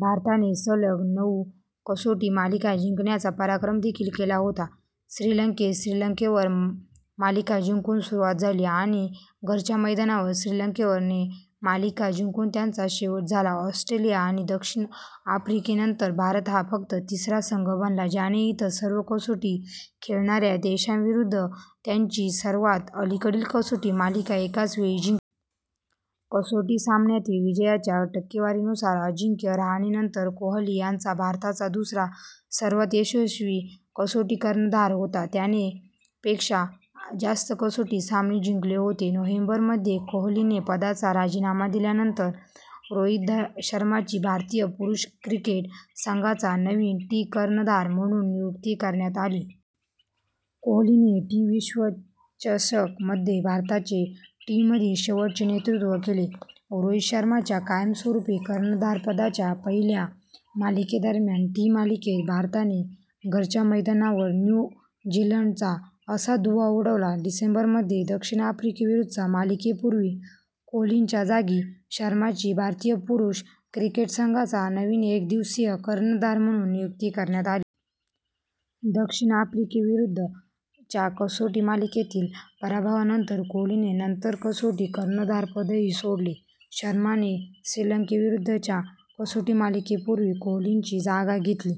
भारताने सलग नऊ कसोटी मालिका जिंकण्याचा पराक्रम देखील केला होता, श्रीलंकेत श्रीलंकेवर - मालिका जिंकून सुरुवात झाली आणि घरच्या मैदानावर श्रीलंकेवर - ने मालिका जिंकून त्याचा शेवट झाला. ऑस्ट्रेलिया आणि दक्षिण आफ्रिकेनंतर भारत हा फक्त तिसरा संघ बनला ज्याने इतर सर्व कसोटी खेळणाऱ्या देशांविरुद्ध त्यांची सर्वात अलीकडील कसोटी मालिका एकाच वेळी जिंकली. कसोटी सामन्यांतील विजयाच्या टक्केवारीनुसार, अजिंक्य रहाणेनंतर कोहली हा भारताचा दुसरा सर्वात यशस्वी कसोटी कर्णधार होता, त्याने पेक्षा जास्त कसोटी सामने जिंकले होते. नोव्हेंबर मध्ये, कोहलीने पदाचा राजीनामा दिल्यानंतर रोहित शर्माची भारतीय पुरुष क्रिकेट संघाचा नवीन टी कर्णधार म्हणून नियुक्ती करण्यात आली. कोहलीने टी विश्वचषक मध्ये भारताचे टी मधील शेवटचे नेतृत्व केले. रोहित शर्माच्या कायमस्वरूपी कर्णधारपदाच्या पहिल्या मालिकेदरम्यान टी मालिकेत भारताने घरच्या मैदानावर न्यू झीलंडचा - असा धुव्वा उडवला. डिसेंबर मध्ये, दक्षिण आफ्रिकेविरुद्धच्या मालिके पूर्वी कोहलीच्या जागी शर्माची भारतीय पुरुष क्रिकेट संघाचा नवीन एकदिवसीय कर्णधार म्हणून नियुक्ती करण्यात आली. दक्षिण आफ्रिकेविरुद्धच्या कसोटी मालिकेतील पराभवानंतर कोहलीने नंतर कसोटी कर्णधारपदही सोडले. शर्माने श्रीलंकेविरुद्धच्या कसोटी मालिकेपूर्वी कोहलीची जागा घेतली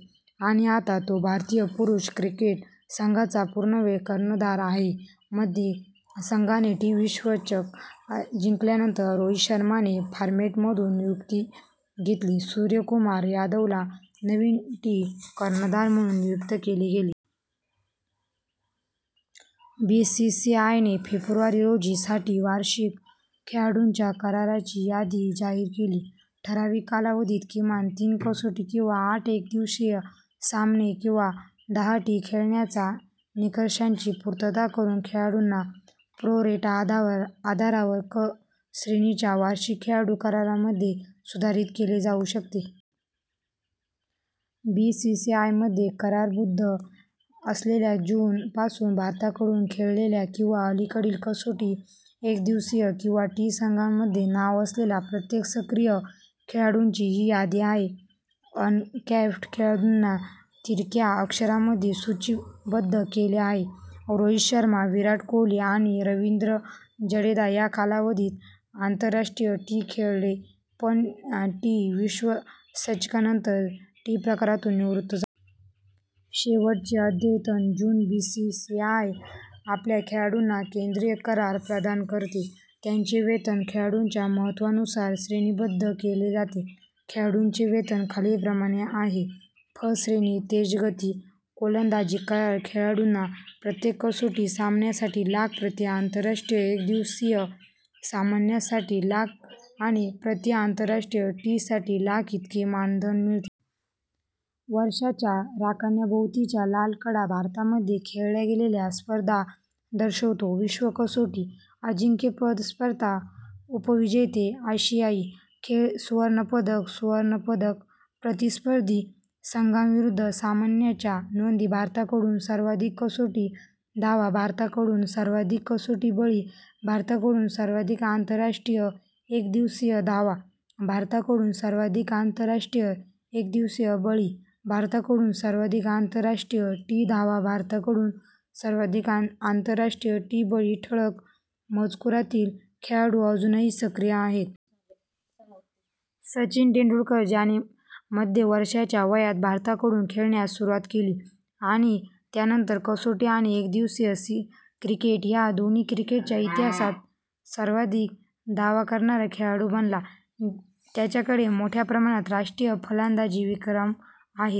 आणि आता तो भारतीय पुरुष क्रिकेट संघाचा पूर्णवेळ कर्णधार आहे. मध्ये, संघाने टी विश्वचषक जिंकल्यानंतर, रोहित शर्माने फॉर्मेटमधून निवृत्ती घेतली, सूर्यकुमार यादवला नवीन टी कर्णधार म्हणून नियुक्त केले गेले. बीसीसीआयने फेब्रुवारी रोजी - साठी वार्षिक खेळाडूंच्या करारांची यादी जाहीर केली. ठराविक कालावधीत किमान तीन कसोटी किंवा आठ एकदिवसीय सामने किंवा दहा टी- खेळण्याच्या निकषांची पूर्तता करून खेळाडूंना प्रो-रेटा आधारावर 'क' श्रेणीच्या वार्षिक खेळाडू करारामध्ये सुधारित केले जाऊ शकते. बीसीसीआयमध्ये करारबद्ध असलेल्या, जून पासून भारताकडून खेळलेल्या किंवा अलीकडील कसोटी, एकदिवसीय किंवा टी संघांमध्ये नाव असलेल्या प्रत्येक सक्रिय खेळाडूची ही यादी आहे. अनकॅप्ड खेळाडूंना तिरक्या अक्षरांमध्ये सूचीबद्ध केले आहे. रोहित शर्मा, विराट कोहली, आणि रवींद्र जडेजा या कालावधीत आंतरराष्ट्रीय टी खेळले पण टी विश्वचषकानंतर टी प्रकारांतून निवृत्त झाले. शेवटचे अद्यतन: जून बीसीसीआय आपल्या खेळाडूंना केंद्रीय करार प्रदान करते, त्यांचे वेतन खेळाडूच्या महत्त्वानुसार श्रेणीबद्ध केले जाते. खेळाडूंचे वेतन खालीलप्रमाणे आहे. फ श्रेणी – तेजगती गोलंदाजी करार खेळाडूंना प्रत्येक कसोटी सामन्यासाठी लाख, प्रति आंतरराष्ट्रीय एकदिवसीय सामन्यासाठी लाख आणि प्रति आंतरराष्ट्रीय टी साठी लाख इतके मानधन मिळते. वर्षाच्या रकान्याभोवतीच्या लाल कडा भारतामध्ये खेळल्या गेलेल्या स्पर्धा दर्शवतो. विश्व कसोटी अजिंक्यपद स्पर्धा: उपविजेते: -,- आशियाई खेळ सुवर्ण पदक: सुवर्ण पदक: प्रतिस्पर्धी संघांविरुद्ध सामन्यांच्या नोंदी भारताकडून सर्वाधिक कसोटी धावा भारताकडून सर्वाधिक कसोटी बळी भारताकडून सर्वाधिक आंतरराष्ट्रीय एकदिवसीय धावा भारताकडून सर्वाधिक आंतरराष्ट्रीय एकदिवसीय बळी भारताकडून सर्वाधिक आंतरराष्ट्रीय टी धावा भारताकडून सर्वाधिक आंतरराष्ट्रीय टी बळी ठळक मजकुरातील खेळाडू अजूनही सक्रिय आहेत. सचिन तेंडुलकर, ज्याने मध्ये वर्षांच्या वयात भारताकडून खेळण्यास सुरुवात केली आणि त्यानंतर कसोटी आणि एकदिवसीय क्रिकेट या दोन्ही क्रिकेटच्या इतिहासात सर्वाधिक धावा करणारा खेळाडू बनला, त्याच्याकडे मोठ्या प्रमाणात राष्ट्रीय फलंदाजी विक्रम आहेत.